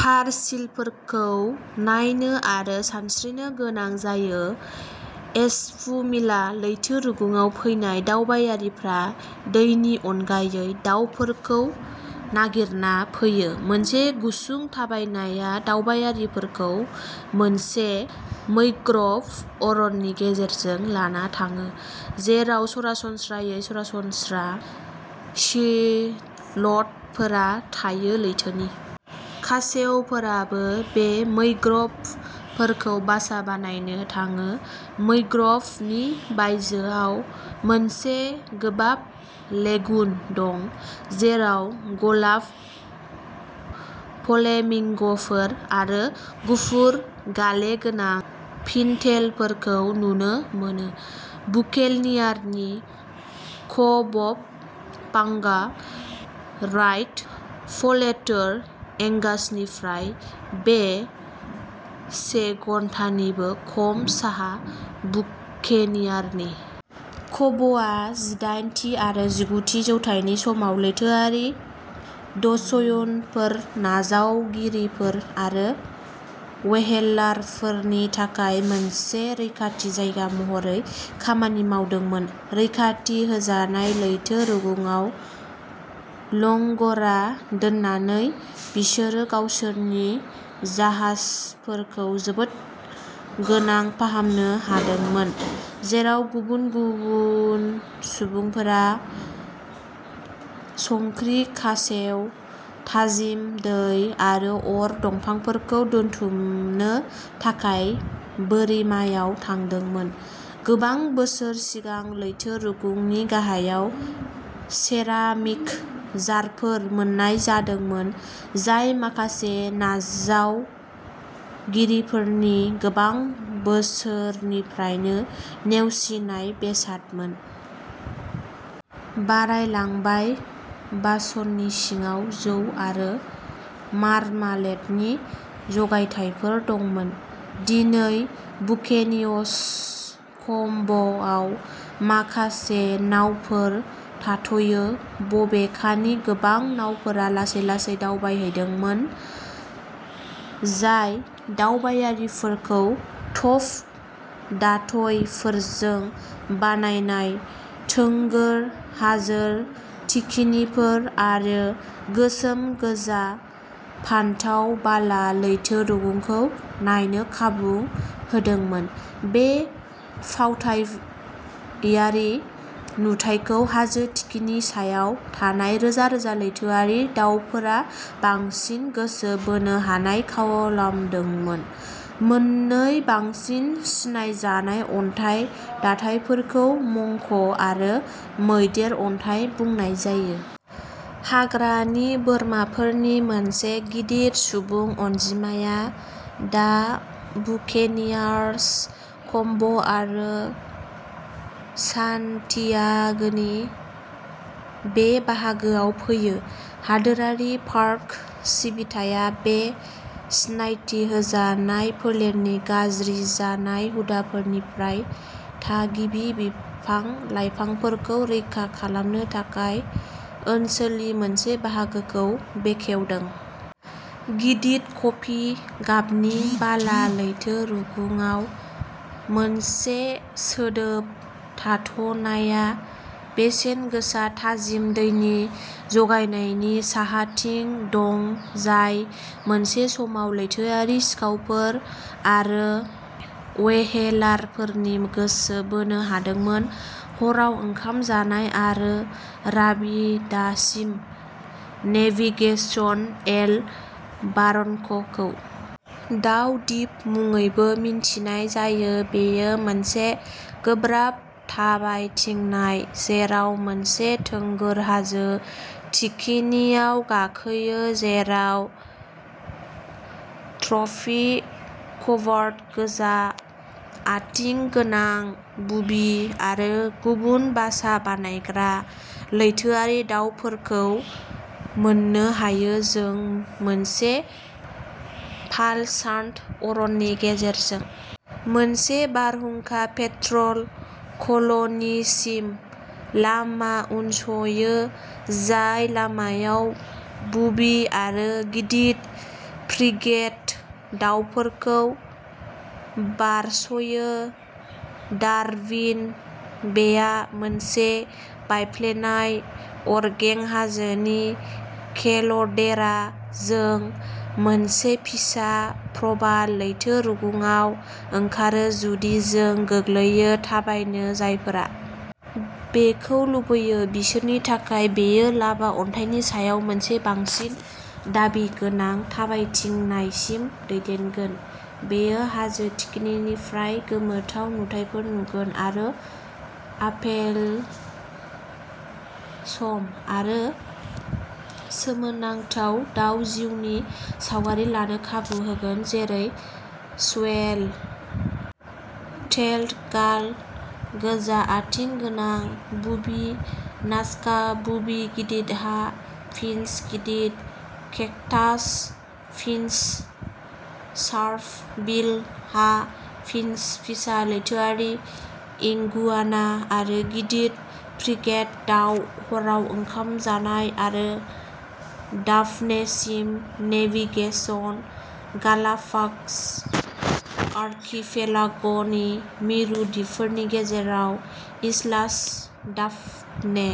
फार सिलफोरखौ नायनो आरो सानस्रिनो गोनां जायो एस्पुमिला लैथो रुगुंआव फैनाय दावबायारिफ्रा दैनि अनगायै दाउफोरखौ नागिरना फैयो मोनसे गुसुं थाबायनाया दावबायारिफोरखौ मोनसे मैंग्र'भ अरननि गेजेरजों लाना थाङो जेराव सरासनस्रायै सरासनस्रा सिलटफोरा थायो लैथोनि खासेवफोराबो बे मैंग्र'भफोरखौ बासा बानायनो थाङो मैंग्र'भनि बायजोआव मोनसे गोबाब लेगुन दं जेराव गलाब फ्लेमिंग'फोर आरो गुफुर गाले गोनां पिनटेलफोरखौ नुनो मोनो बुकेनियारनि कभ पांगा राइड प्वेर्टो एगासनिफ्राय बे से घन्टानिबो खम साहा बुकेनियारनि कभआ जिदाइन थि आरो जिगु थि जौथाइनि समाव लैथोआरि दस्युफोर नावजावगिरिफोर आरो व्हेलारफोरनि थाखाय मोनसे रैखाथि जायगा महरै खामानि मावदोंमोन रैखाथि होजानाय लैथो रुगुंआव लंग'रा दोननानै बिसोरो गावसोरनि जाहाजफोरखौ जोबोद गोनां फाहामनो हादोंमोन जेराव गुबुन गुबुन सुबुंफोरा संख्रि खासेव थाजिम दै आरो अर दंफांफोरखौ दोनथुमनो थाखाय बोरिमायाव थांदोंमोन गोबां बोसोर सिगां लैथो रुगुंनि गाहायाव सेरामिक जारफोर मोन्नाय जादोंमोन जाय माखासे नावजावगिरिफोरनि गोबां बोसोरनिफ्रायनो नेवसिनाय बेसादमोन। बारलांबाय। बासननि सिङाव जौ आरो मार्मालेडनि जगायथायफोर दंमोन। दिनै बुकेनियर्स कभआव माखासे नावफोर थाथ'यो बबेखानि गोबां नावफोरा लासै-लासै दावबायहैदोंमोन जाय दावबायारिफोरखौ टफ दाथयफोरजों बानायनाय थोंगोर हाजो थिखिनिफोर आरो गोसोम गोजा फान्थाव बाला लैथो रुगुंखौ नायनो खाबु होदोंमोन बे फावथायारि नुथायखौ हाजो थिखिनि सायाव थानाय रोजा रोजा लैथोआरि दावफोरा बांसिन गोसो बोनो हानाय खालामदोंमोन मोननै बांसिन सिनायजानाय अन्थाइ दाथायफोरखौ मंक आरो मैदेर अन्थाइ बुंनाय जायो। हाग्रानि बोरमाफोरनि मोनसे गिदिर सुबुं अनजिमाया दा बुकेनियार्स कम्भ आरो सान्टियागोनि बे बाहागोआव फैयो। हादोरारि पार्क सिबिथाया बे सिनायथि होजानाय फोलेरनि गाज्रि जानाय हुदाफोरनिफ्राय थागिबि बिफां लाइफांफोरखौ रैखा खालामनो थाखाय ओनसोलनि मोनसे बाहागोखौ बेंखनदों। गिदिर कफि गाबनि बाला लैथो रुगुंआव मोनसे सोदोब थाथ'नायआ बेसेनगोसा थाजिम दैनि जगायनायनि साहाथिं दं जाय मोनसे समाव लैथोआरि सिखावफोर आरो व्हेलारफोरखौ गोसो बोनो हादोंमोन हराव ओंखाम जानाय आरो राबिदासिम नेभिगेसन एल बारनक'खौ दाउ दिप मुङैबो मिथिनाय जायो बेयो मोनसे गोब्राब थाबायथिंनाय जेराव मोनसे थोंगोर हाजो थिखिनियाव गाखोयो जेराव ट्रपिकबार्ड गोजा आथिं गोनां बुबि आरो गुबुन बासा बानायग्रा लैथोआरि दावफोरखौ मोननो हायो जों मोनसे पाल'सान्ट'अरननि गेजेरजों मोनसे बारहुंखा पेट्रेल कल'निसिम लामा उनसयो जाय लामायाव बुबि आरो गिदिर फ्रिगेट दावफोरखौ बारस'यो डारविन बेआ मोनसे बायफ्लेनाय अरगें हाजोनि केल्डेरा जों मोनसे फिसा प्रबाल लैथो रुगुंआव ओंखारो जुदि जों गोरलैयै थाबायो जायफोरा बेखौ लुबैयो बिसोरनि थाखाय बेयो लाभा अन्थाइनि सायाव मोनसे बांसिन दाबि गोनां थाबायथिंनायसिम दैदेनगोन बेयो हाजो थिखिनिनिफ्राय गोमोथाव नुथायफोर नुगोन आरो आपेल सम आरो सोमोनांथाव दाव जिउनि सावगारि लानो खाबु होगोन जेरै स्वेल' टेल्ड गाल गोजा आथिं गोनां बुबि नाजका बुबि गिदिर हा फिन्च गिदिर केक्टास फिन्च शार्प बिल हा फिन्च फिसा लैथोआरि इगुआना आरो गिदिर फ्रिगेट दाउ हराव ओंखाम जानाय आरो डाफनेसिम नेभिगेसन गालापाग'स आर्किपेलाग'नि मिरु दिपफोरनि गेजेराव इस्लास डाफने